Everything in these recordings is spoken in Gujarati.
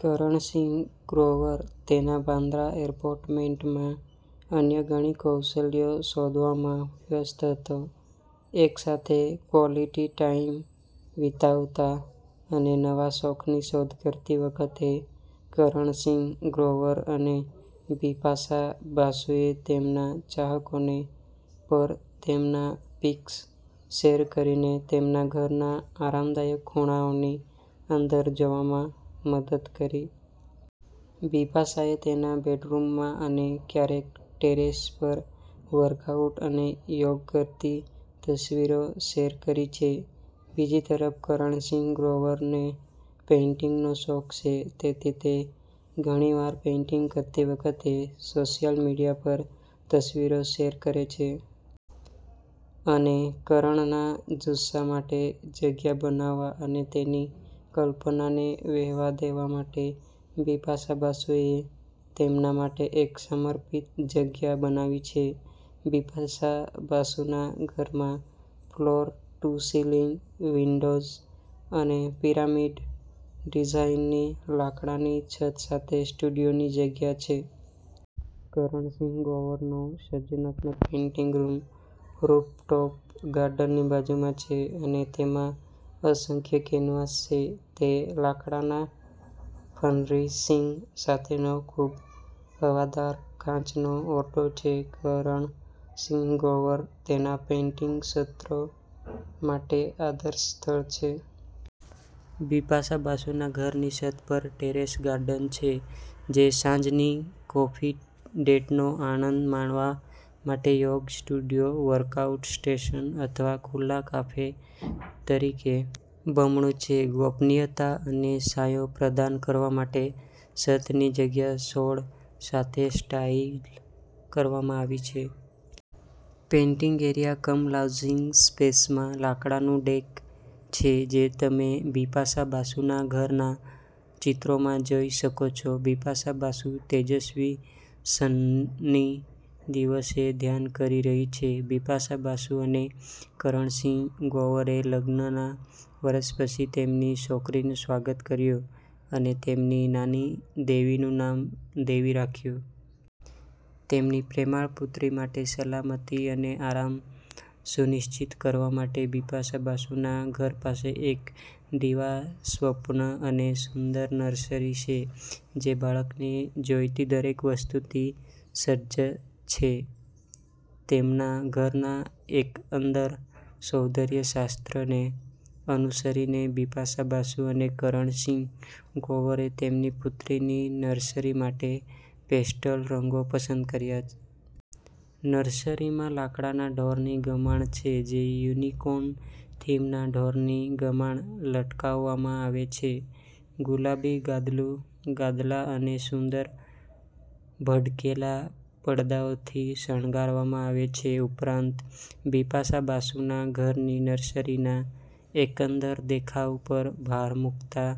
કરણ સિંહ ગ્રોવર તેના બાંદ્રા એપાર્ટમેન્ટમાં અન્ય ઘણી કૌશલ્યો શોધવામાં વ્યસ્ત હતો. એકસાથે ક્વોલિટી ટાઈમ વિતાવતા અને નવા શોખની શોધ કરતી વખતે કરણ સિંહ ગ્રોવર અને બિપાશા બાસુએ તેમના ચાહકોને પર તેમના પિક્સ શેર કરીને તેમના ઘરના આરામદાયક ખૂણાઓની અંદર જોવામાં મદદ કરી. બિપાશાએ તેના બેડરૂમમાં અને ક્યારેક ટેરેસ પર વર્કઆઉટ અને યોગ કરતી તસવીરો શેર કરી છે. બીજી તરફ કરણ સિંહ ગ્રોવરને પેઇન્ટિંગનો શોખ છે તેથી તે ઘણીવાર પેઇન્ટિંગ કરતી વખતે સોશિયલ મીડિયા પર તસવીરો શેર કરે છે. અને કરણના જુસ્સા માટે જગ્યા બનાવવા અને તેની કલ્પનાને વહેવા દેવા માટે બિપાશા બાસુએ તેમના માટે એક સમર્પિત જગ્યા બનાવી છે. બિપાશા બાસુના ઘરમાં ફ્લોર-ટુ-સીલિંગ વિન્ડોઝ અને પિરામિડ ડિઝાઇનની લાકડાની છત સાથે સ્ટુડિયોની જગ્યા છે. કરણ સિંહ ગ્રોવરનો સર્જનાત્મક પેઇન્ટિંગ રૂમ રૂફટોપ ગાર્ડનની બાજુમાં છે અને તેમાં અસંખ્ય કેનવાસ છે. તે લાકડાના ફર્નિશિંગ સાથેનો ખૂબ હવાદાર કાચનો ઓરડો છે. કરણ સિંહ ગ્રોવર તેના પેઇન્ટિંગ સત્રો માટે આદર્શ સ્થળ છે. બિપાશા બાસુના ઘરની છત પર ટેરેસ ગાર્ડન છે જે સાંજની કોફી ડેટનો આનંદ માણવા માટે, યોગ સ્ટુડિયો, વર્કઆઉટ સ્ટેશન અથવા ખુલ્લા કાફે તરીકે બમણું છે. ગોપનીયતા અને છાંયો પ્રદાન કરવા માટે છતની જગ્યા છોડ સાથે સ્ટાઇલ કરવામાં આવી છે. પેઇન્ટિંગ એરિયા કમ લાઉન્જિંગ સ્પેસમાં લાકડાનું ડેક છે જે તમે બિપાશા બાસુના ઘરના ચિત્રોમાં જોઈ શકો છો. બિપાશા બાસુ તેજસ્વી સન્ની દિવસે ધ્યાન કરી રહી છે. બિપાશા બાસુ અને કરણ સિંહ ગ્રોવરે લગ્નનાવર્ષ પછી તેમની છોકરીનું સ્વાગત કર્યું અને તેમની નાની દેવીનું નામ "દેવી" રાખ્યું. તેમની પ્રેમાળ પુત્રી માટે સલામતી અને આરામ સુનિશ્ચિત કરવા માટે બિપાશા બાસુના ઘર પાસે એક દિવાસ્વપ્ન અને સુંદર નર્સરી છે જે બાળકને જોઈતી દરેક વસ્તુથી સજ્જ છે. તેમના ઘરના એકંદર સૌંદર્ય શાસ્ત્રને અનુસરીને બિપાશા બાસુ અને કરણ સિંહ ગ્રોવરે તેમની પુત્રીની નર્સરી માટે પેસ્ટલ રંગો પસંદ કર્યા. નર્સરીમાં લાકડાના ઢોરની ગમાણ છે જે યુનિકોર્ન થીમના ઢોરની ગમાણ લટકાવવામાં આવે છે. ગુલાબી ગાદલું, ગાદલા અને સુંદર ભડકેલા પડદાઓથી શણગારવામાં આવે છે. ઉપરાંત, બિપાશા બાસુના ઘરની નર્સરીના એકંદર દેખાવ પર ભાર મૂકતા,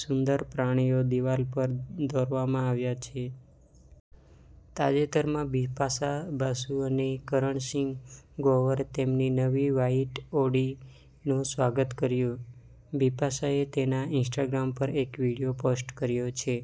સુંદર પ્રાણીઓ દિવાલ પર દોરવામાં આવ્યા છે. તાજેતરમાં બિપાશા બાસુ અને કરણ સિંહ ગ્રોવરે તેમની નવી વ્હાઇટ ઓડી નું સ્વાગત કર્યું. બિપાશાએ તેના ઇન્સ્ટાગ્રામ પર એક વિડિયો પોસ્ટ કર્યો છે.